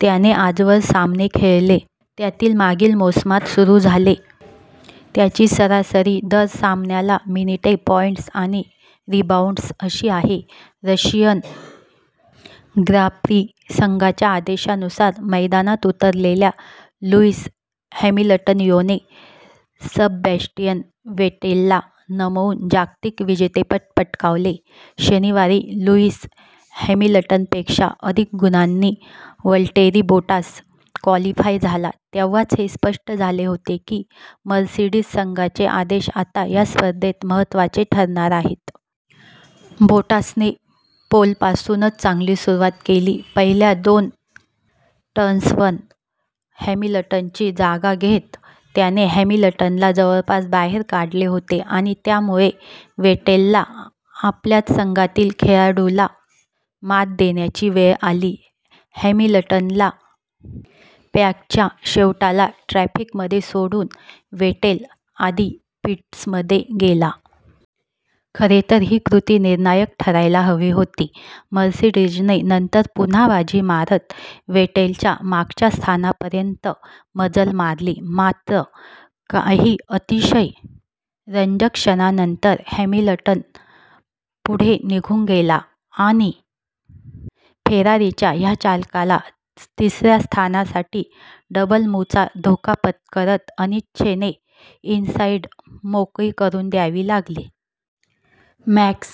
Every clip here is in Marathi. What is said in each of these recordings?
त्याने आजवर सामने खेळले त्यातील मागील मोसमात सुरू झाले. त्याची सरासरी दर सामन्याला मिनिटे, पॉईंट्स आणि रीबाऊंड्स अशी आहे. रशियन ग्रां प्री: संघाच्या आदेशानुसार मैदानात उतरलेल्या लुईस हॅमिलटन योने सबॅस्टियन वेटेलला नमवून जागतिक विजेतेपद पटकावले शनिवारी लुईस हॅमिलटनपेक्षा अधिक गुणांनी वलटेरी बोटास क्वॉलिफाय झाला तेव्हाच हे स्पष्ट झाले होते की मर्सिडीज संघाचे आदेश आता या स्पर्धेत महत्त्वाचे ठरणार आहेत. बोटासने पोलपासूनच चांगली सुरुवात केली होती. पहिल्या दोन टर्न्सवर हॅमिलटनची जागा घेत त्याने हॅमिलटनला जवळपास बाहेर काढले होते आणि त्यामुळे वेटेलला आपल्याच संघातील खेळाडूला मात देण्याची वेळ आली. हॅमिलटनला पॅकच्या शेवटाला ट्रॅफिकमध्ये सोडून वेटेल आधी पिट्समध्ये गेला. खरे तर ही कृती निर्णायक ठरायला हवी होती. मर्सिडीजने नंतर पुन्हा बाजी मारत वेटेलच्या मागच्या स्थानापर्यंत मजल मारली. मात्र, काही अतिशय रंजक क्षणांनंतर हॅमिलटन पुढे निघून गेला आणि फेरारीच्या या चालकाला तिसऱ्या स्थानासाठी डबल मुव्हचा धोका पत्करत अनिच्छेने इनसाइड मोकळी करून द्यावी लागली. मॅक्स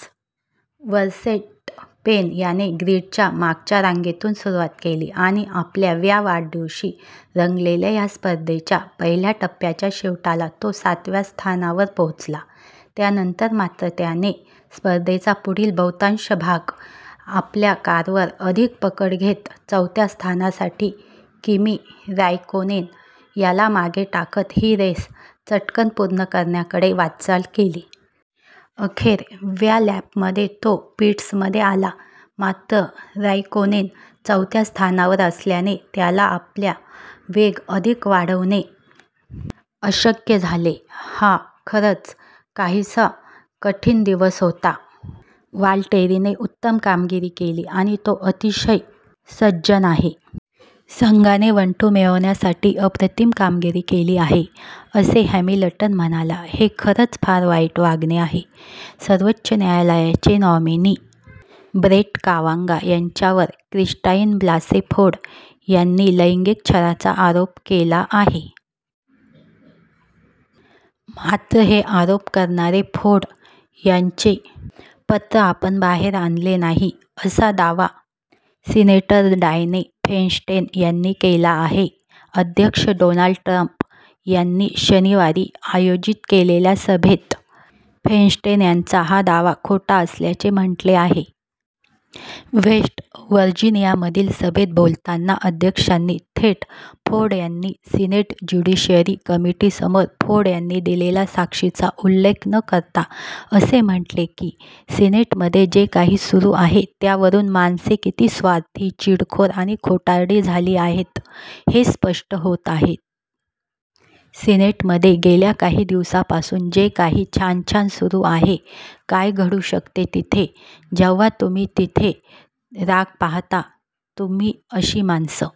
वर्सेटॅपेन याने ग्रीडच्या मागच्या रांगेतून सुरुवात केली आणि आपल्या व्या वाढदिवशी रंगलेल्या या स्पर्धेच्या पहिल्या टप्प्याच्या शेवटाला तो सातव्या स्थानावर पोहोचला. त्यानंतर मात्र त्याने स्पर्धेचा पुढील बहुतांश भाग आपल्या कारवर अधिक पकड घेत चौथ्या स्थानासाठी किमी राइकोनेन याला मागे टाकत ही रेस चटकन पूर्ण करण्याकडे वाटचाल केली. अखेर व्या लॅपमध्ये तो पिट्समध्ये आला. मात्र, राइकोनेन चौथ्या स्थानावर असलयाने त्याला आपला वेग अधिक वाढवणे अशक्य झाले. हा खरंच काहीसा कठीण दिवस होता. वालटेरीने उत्तम कामगिरी केली आणि तो अतिशय सज्जन आहे. संघाने वन टू मिळवण्यासाठी अप्रतिम कामगिरी केली आहे, " असे हॅमिलटन म्हणाला. हे खरंच फार वाईट वागणे आहे सर्वोच्च न्यायालयाचे नॉमिनी ब्रेट कावांगॉ यांच्यावर क्रिस्टाइन ब्लासे फोर्ड यांनी लैंगिक छळाचा आरोप केला आहे. मात्र, हे आरोप करणारे फोर्ड यांचे पत्र आपण बाहेर आणले नाही, असा दावा सीनेटर डायने फेनस्टेन यांनी केला आहे. अध्यक्ष डोनाल्ड ट्रम्प यांनी शनिवारी आयोजित केलेल्या सभेत फेनस्टेन यांचा हा दावा खोटा असल्याचे म्हटले आहे. वेस्ट वर्जिनियामधील सभेत बोलताना अध्यक्षांनी थेट फोर्ड यांनी सीनेट ज्युडिशरी कमिटीसमोर फोर्ड यांनी दिलेल्या साक्षीचा उल्लेख न करता असे म्हटले की सीनेटमध्ये जे काही सुरू आहे त्यावरून माणसे किती 'स्वार्थी, चिडखोर आणि खोटारडी' झाली आहेत, हेच स्पष्ट होत आहे. " "सिनेटमध्ये गेल्या काही दिवसांपासून जे काही छान छान सुरू आहे, काय घडू शकते तिथे… जेव्हा तुम्ही तिथे राग पाहता, तुम्ही अशी माणसं